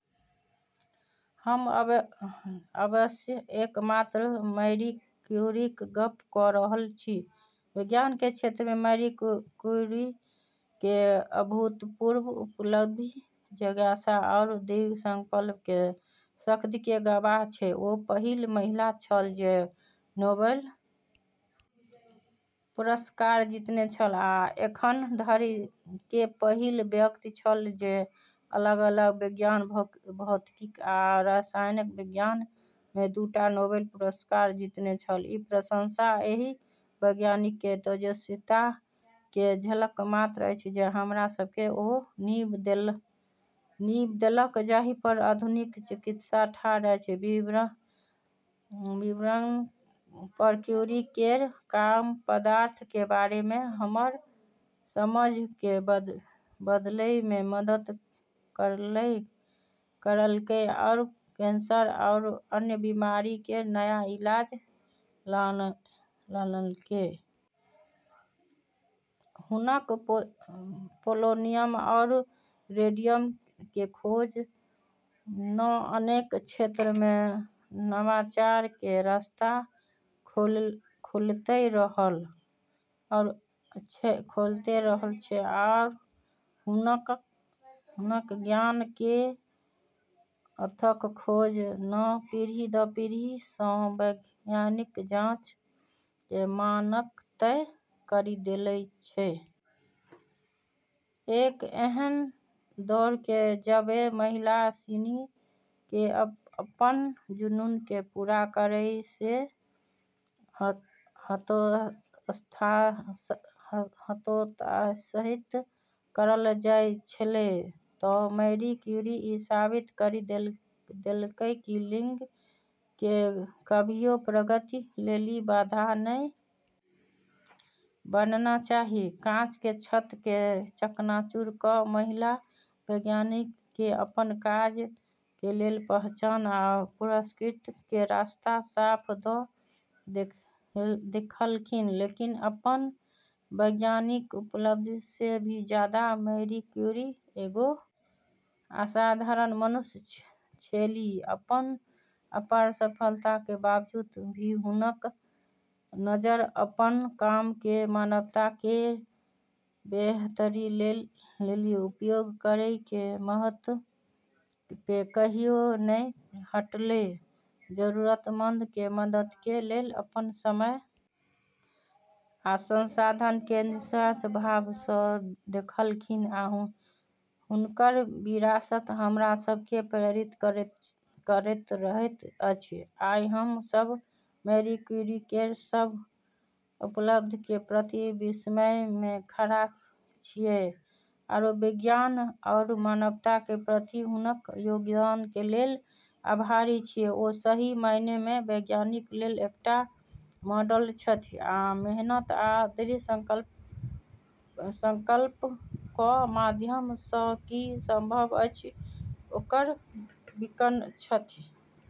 हम अवश्य एकमात्र मैरी क्यूरीक गप्प क रहल छी, विज्ञान के क्षेत्र में मैरी क्यूरी के अभूतपूर्व उपलब्धि जिज्ञासा आरू दृढ़ संकल्प के शक्ति के गवाह छै ओ पहिल महिला छल जे नोबेल पुरस्कार जीतने छल आ एखन धरि के पहिल व्यक्ति छल जे अलग-अलग विज्ञान भौतिकी आ रसायन विज्ञान मे दू टा नोबेल पुरस्कार जीतने छल, ई प्रशंसा एहि वैज्ञानिक के तेजस्वीता के झलक मात्र अछि जे हमरा सब के ओ नींव देलक जाहि पर आधुनिक चिकित्सा ठाढ़ अछि, विकिरण पर क्यूरी केरऽ काम पदार्थ के बारे मे हमरऽ समझ के बदलै मे मदद करलकै आरू कैंसर आरू अन्य बीमारी केरऽ नया इलाज लानलकै। हुनकऽ पोलोनियम आरू रेडियम के खोज न अनेक क्षेत्रऽ मे नवाचार के रास्ता खोलतें रहलऽ छै आरू हुनकऽ ज्ञान केरऽ अथक खोज न पीढ़ी-दर-पीढ़ी स॑ वैज्ञानिक जांच के मानक तय करी देले छै, एक ऐन्हऽ दौर मे जबे महिला सिनी के अपनऽ जुनून के पूरा करै से हतोत्साहित करलऽ जाय छेलै त मैरी क्यूरी ई साबित करी देलकै कि लिंग के कभियो प्रगति लेली बाधा नै बनना चाहि, काँच के छत के चकनाचूर क महिला वैज्ञानिक के अपन काज के लेल पहचान आ पुरस्कृत के रास्ता साफ क देलखिन्ह लेकिन अपनऽ वैज्ञानिक उपलब्धि से भी जादा मैरी क्यूरी एगो असाधारण मनुष्य छेली, अपनऽ अपार सफलता के बावजूद भी हुनकऽ नजर अपनऽ काम के मानवता केरऽ बेहतरी लेली उपयोग करै के महत्व पे कहियो नै हटलै, जरूरतमंद के मदद के लेल अपन समय आ संसाधन के निस्वार्थ भाव स देलखिन आ हुनकर विरासत हमरा सब के प्रेरित करैत रहैत अछि, आइ हम सब मैरी क्यूरी केरऽ सब उपलब्धि के प्रति विस्मय में खड़ा छियै आरू विज्ञान आरू मानवता के प्रति हुनकऽ योगदान के लेलऽ आभारी छियै ओ सही मायने मे वैज्ञानिक लेल एकटा मॉडल छथि आ मेहनत आ दृढ़ संकल्प क माध्यम स की संभव अछि ओकर बीकन छथि।